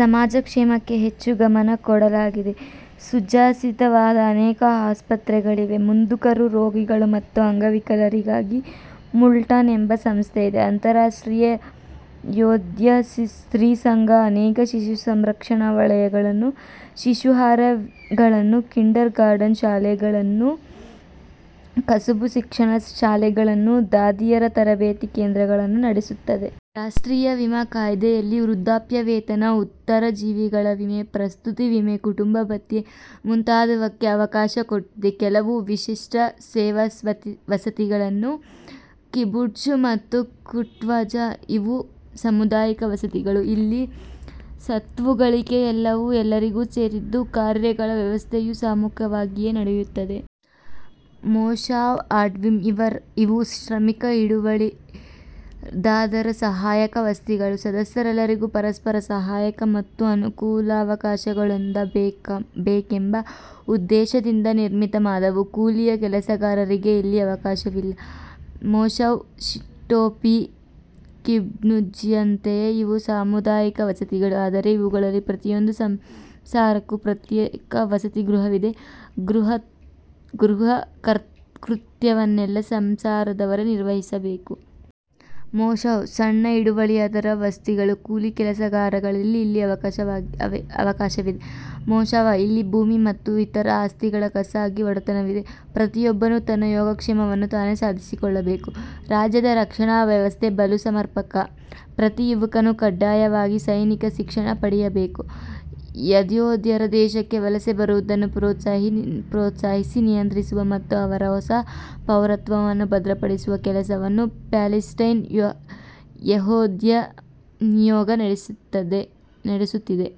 ಸಮಾಜ ಕ್ಷೇಮಕ್ಕೆ ಹೆಚ್ಚು ಗಮನ ಕೊಡಲಾಗಿದೆ. ಸುಸಜ್ಜಿತವಾದ ಅನೇಕ ಆಸ್ಪತ್ರೆಗಳಿವೆ. ಮುದುಕರು, ರೋಗಿಗಳು ಮತ್ತು ಅಂಗವಿಕಲರಿಗಾಗಿ ಮುಲ್ಟಾನ್ ಎಂಬ ಸಂಸ್ಥೆಯಿದೆ. ಅಂತರರಾಷ್ಟ್ರೀಯ ಯೆಹೂದ್ಯ ಸ್ತ್ರೀ ಸಂಘ ಅನೇಕ ಶಿಶು ಸಂರಕ್ಷಣಾಲಯಗಳನ್ನೂ ಶಿಶುವಿಹಾರಗಳನ್ನೂ ಕಿಂಡರ್ ಗಾರ್ಟನ್ ಶಾಲೆಗಳನ್ನೂ ಕಸಬು ಶಿಕ್ಷಣ ಶಾಲೆಗಳನ್ನೂ ದಾದಿಯರ ತರಬೇತಿ ಕೇಂದ್ರಗಳನ್ನೂ ನಡೆಸುತ್ತದೆ. ರಾಷ್ಟ್ರೀಯ ವಿಮಾ ಕಾಯಿದೆಯಲ್ಲಿ ವೃದ್ಧಾಪ್ಯ ವೇತನ, ಉತ್ತರಜೀವಿಗಳ ವಿಮೆ, ಪ್ರಸೂತಿ ವಿಮೆ. ಕುಟುಂಬ ಭತ್ಯೆ ಮುಂತಾದವಕ್ಕೆ ಅವಕಾಶ ಕೊಟ್ಟಿದೆ. ಕೆಲವು ವಿಶಿಷ್ಟ ಸೇವಾವಸತಿಗಳಿವು: ಕಿಬುಟ್ಜ್ ಮತ್ತು ಕ್ವುಟ್ಜ. ಇವು ಸಾಮುದಾಯಿಕ ವಸತಿಗಳು. ಇಲ್ಲಿ ಸ್ವತ್ತು, ಗಳಿಕೆ ಎಲ್ಲವೂ ಎಲ್ಲರಿಗೂ ಸೇರಿದ್ದು ಕಾರ್ಯಗಳ ವ್ಯವಸ್ಥೆಯೂ ಸಾಮೂಹಿಕವಾಗಿಯೇ ನಡೆಯುತ್ತದೆ. ಮೋಷಾವ್ ಆವ್ಡಿಂ. ಇವು ಶ್ರಮಿಕ ಹಿಡುವಳಿದಾರರ ಸಹಕಾರ ವಸತಿಗಳು; ಸದಸ್ಯರೆಲ್ಲರಿಗೂ ಪರಸ್ಪರ ಸಹಾಯ ಮತ್ತು ಅನುಕೂಲಾವಕಾಶಗಳೊದಗಬೇಕೆಂಬ ಉದ್ದೇಶದಿಂದ ನಿರ್ಮಿತವಾದವು. ಕೂಲಿಯ ಕೆಲಸಗಾರರಿಗೆ ಇಲ್ಲಿ ಅವಕಾಶವಿಲ್ಲ. ಮೋಷಾವ್ ಷಿಟೂಫಿ; ಕಿಬುಟ್ಜ್ನಂತೆಯೇ ಇವೂ ಸಾಮುದಾಯಿಕ ವಸತಿಗಳು. ಆದರೆ ಇವುಗಳಲ್ಲಿ ಪ್ರತಿಯೊಂದು ಸಂಸಾರಕ್ಕೂ ಪ್ರತ್ಯೇಕ ವಸತಿಗೃಹವಿದೆ; ಗೃಹಕೃತ್ಯವನ್ನೆಲ್ಲ ಸಂಸಾರದವರೇ ನಿರ್ವಹಿಸಬೇಕು. ಮೋಷಾವ್: ಸಣ್ಣ ಹಿಡುವಳಿದಾರರ ವಸತಿಗಳು. ಕೂಲಿ ಕೆಲಸಗಾರರಿಗೆ ಇಲ್ಲಿ ಅವಕಾಶವಿದೆ. ಮೋಷಾವ: ಇಲ್ಲಿ ಭೂಮಿ ಮತ್ತು ಇತರ ಆಸ್ತಿಗಳ ಖಾಸಗಿ ಒಡೆತನವಿದೆ. ಪ್ರತಿಯೊಬ್ಬನೂ ತನ್ನ ಯೋಗಕ್ಷೇಮವನ್ನು ತಾನೇ ಸಾಧಿಸಿಕೊಳ್ಳಬೇಕು. ರಾಜ್ಯದ ರಕ್ಷಣಾ ವ್ಯವಸ್ಥೆ ಬಲು ಸಮರ್ಪಕ. ಪ್ರತಿ ಯುವಕನೂ ಕಡ್ಡಾಯವಾಗಿ ಸೈನಿಕ ಶಿಕ್ಷಣ ಪಡೆಯಬೇಕು. ಯೆಹೂದ್ಯರು ದೇಶಕ್ಕೆ ವಲಸೆ ಬರುವುದನ್ನು ಪ್ರೋತ್ಸಾಹಿಸಿ ನಿಯಂತ್ರಿಸುವ ಮತ್ತು ಅವರ ಹೊಸ ಪೌರತ್ವವನ್ನು ಭದ್ರಪಡಿಸುವ ಕೆಲಸವನ್ನು ಪ್ಯಾಲಿಸ್ಟೈನ್ ಯೆಹೂದ್ಯ ನಿಯೋಗ ನಡೆಸುತ್ತಿದೆ.